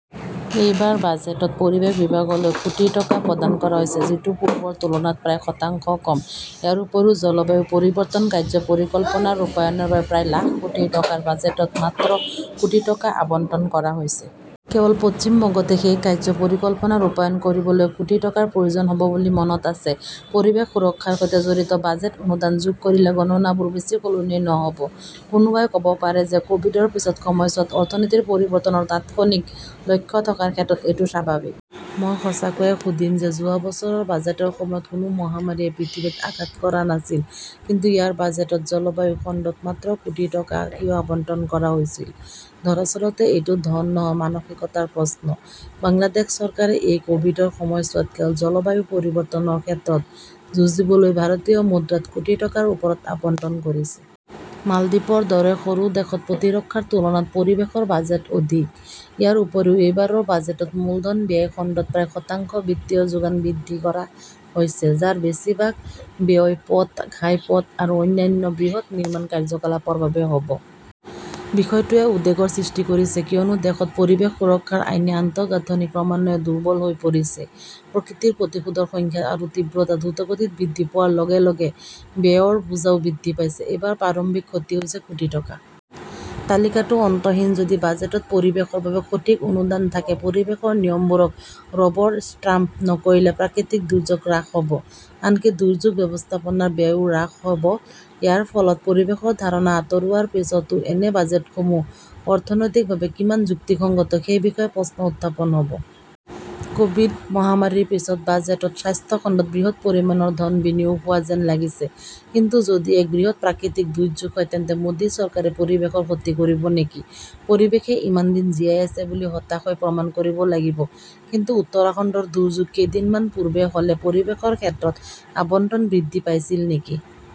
এইবাৰ বাজেটত পৰিৱেশ বিভাগলৈ কোটি টকা প্ৰদান কৰা হৈছে, যিটো পূৰ্বৰ তুলনাত প্ৰায় শতাংশ কম ।ইয়াৰ উপৰিও জলবায়ু পৰিৱৰ্তন কাৰ্য্য পৰিকল্পনাৰ ৰূপায়ণৰ বাবে প্ৰায় লাখ কোটি টকাৰ বাজেটত মাত্ৰ কোটি টকা আবণ্টন কৰা হৈছে। কেৱল পশ্চিম বংগতে সেই কাৰ্য্য পৰিকল্পনা ৰূপায়ণ কৰিবলৈ কোটি টকাৰ প্ৰয়োজন হ'ব বুলি মনত আছে। পৰিৱেশ সুৰক্ষাৰ সৈতে জড়িত বাজেট অনুদান যোগ কৰিলে গণনাবোৰ বেছি সলনি নহ 'ব। কোনোবাই ক'ব পাৰে যে ক'ভিডৰ পিছৰ সময়ছোৱাত অৰ্থনীতিৰ পৰিৱৰ্তনৰ তাৎক্ষণিক লক্ষ্য থকাৰ ক্ষেত্ৰত এইটো স্বাভাৱিক। মই সঁচাকৈয়ে সুধিম যে যোৱা বছৰৰ বাজেটৰ সময়ত কোনো মহামাৰীয়ে পৃথিৱীত আঘাত কৰা নাছিল কিন্তু ইয়াৰ বাজেটত জলবায়ু খণ্ডত মাত্ৰ কোটি টকা কিয় আবণ্টন কৰা হৈছিল? দৰাচলতে এইটো ধন নহয় মানসিকতাৰ প্ৰশ্ন। বাংলাদেশ চৰকাৰে এই ক'ভিডৰ সময়ছোৱাত কেৱল জলবায়ু পৰিৱৰ্তনৰ ক্ষেত্ৰত যুঁজিবলৈ ভাৰতীয় মুদ্ৰাত কোটি টকাৰ ওপৰত আবণ্টন কৰিছে। মালদ্বীপৰ দৰে সৰু দেশত প্ৰতিৰক্ষাৰ তুলনাত পৰিৱেশৰ বাজেট অধিক। ইয়াৰ উপৰিও এইবাৰৰ বাজেটত মূলধন ব্যয় খণ্ডত প্ৰায় শতাংশ বিত্তীয় যোগান বৃদ্ধি কৰা হৈছে, যাৰ বেছিভাগ ব্যয় পথ, ঘাইপথ আৰু অন্যান্য বৃহৎ নিৰ্মাণ কাৰ্যকলাপৰ বাবে হ' ব। বিষয়টোৱে উদ্বেগৰ সৃষ্টি কৰিছে, কিয়নো দেশত পৰিৱেশ সুৰক্ষাৰ আইনী আন্তঃগাঁথনি ক্ৰমান্বয়ে দুৰ্বল হৈ পৰিছে। প্ৰকৃতিৰ প্ৰতিশোধৰ সংখ্যা আৰু তীব্ৰতা দ্ৰুতগতিত বৃদ্ধি পোৱাৰ লগে- লগে ব্যয়ৰ বোজাও বৃদ্ধি পাইছে। এইবাৰ প্ৰাৰম্ভিক ক্ষতি হৈছে কোটি টকা। তালিকাটো অন্তহীন যদি বাজেটত পৰিৱেশৰ বাবে সঠিক অনুদান থাকে পৰিৱেশৰ নিয়মবোৰক ৰবৰ ষ্টাম্প নকৰিলে, প্ৰাকৃতিক দুৰ্যোগ হ্ৰাস হ 'ব আনকি দুৰ্যোগ ব্যৱস্থাপনাৰ ব্যয়ও হ্ৰাস হ' ব। ইয়াৰ ফলত পৰিৱেশৰ ধাৰণা আঁতৰোৱাৰ পিছতো এনে বাজেটসমূহ অৰ্থনৈতিকভাৱে কিমান যুক্তিসংগত সেই বিষয়ে প্ৰশ্ন উত্থাপন হ'ব। ক'ভিড মহামাৰীৰ পিছত বাজেটত স্বাস্থ্য খণ্ডত বৃহৎ পৰিমাণৰ ধন বিনিয়োগ হোৱা যেন লাগিছে কিন্তু যদি এক বৃহৎ প্ৰাকৃতিক দুৰ্যোগ হয় তেন্তে মোদী চৰকাৰে পৰিৱেশৰ ক্ষতি কৰিব নেকি? পৰিৱেশেই ইমান দিন জীয়াই আছে বুলি হতাশ হৈ প্ৰমাণ কৰিব লাগিব কিন্তু উত্তৰাখণ্ডৰ দুৰ্যোগ কেইদিনমান পূৰ্বে হ'লে পৰিৱেশৰ ক্ষেত্ৰত আবণ্টন বৃদ্ধি পাইছিল নেকি?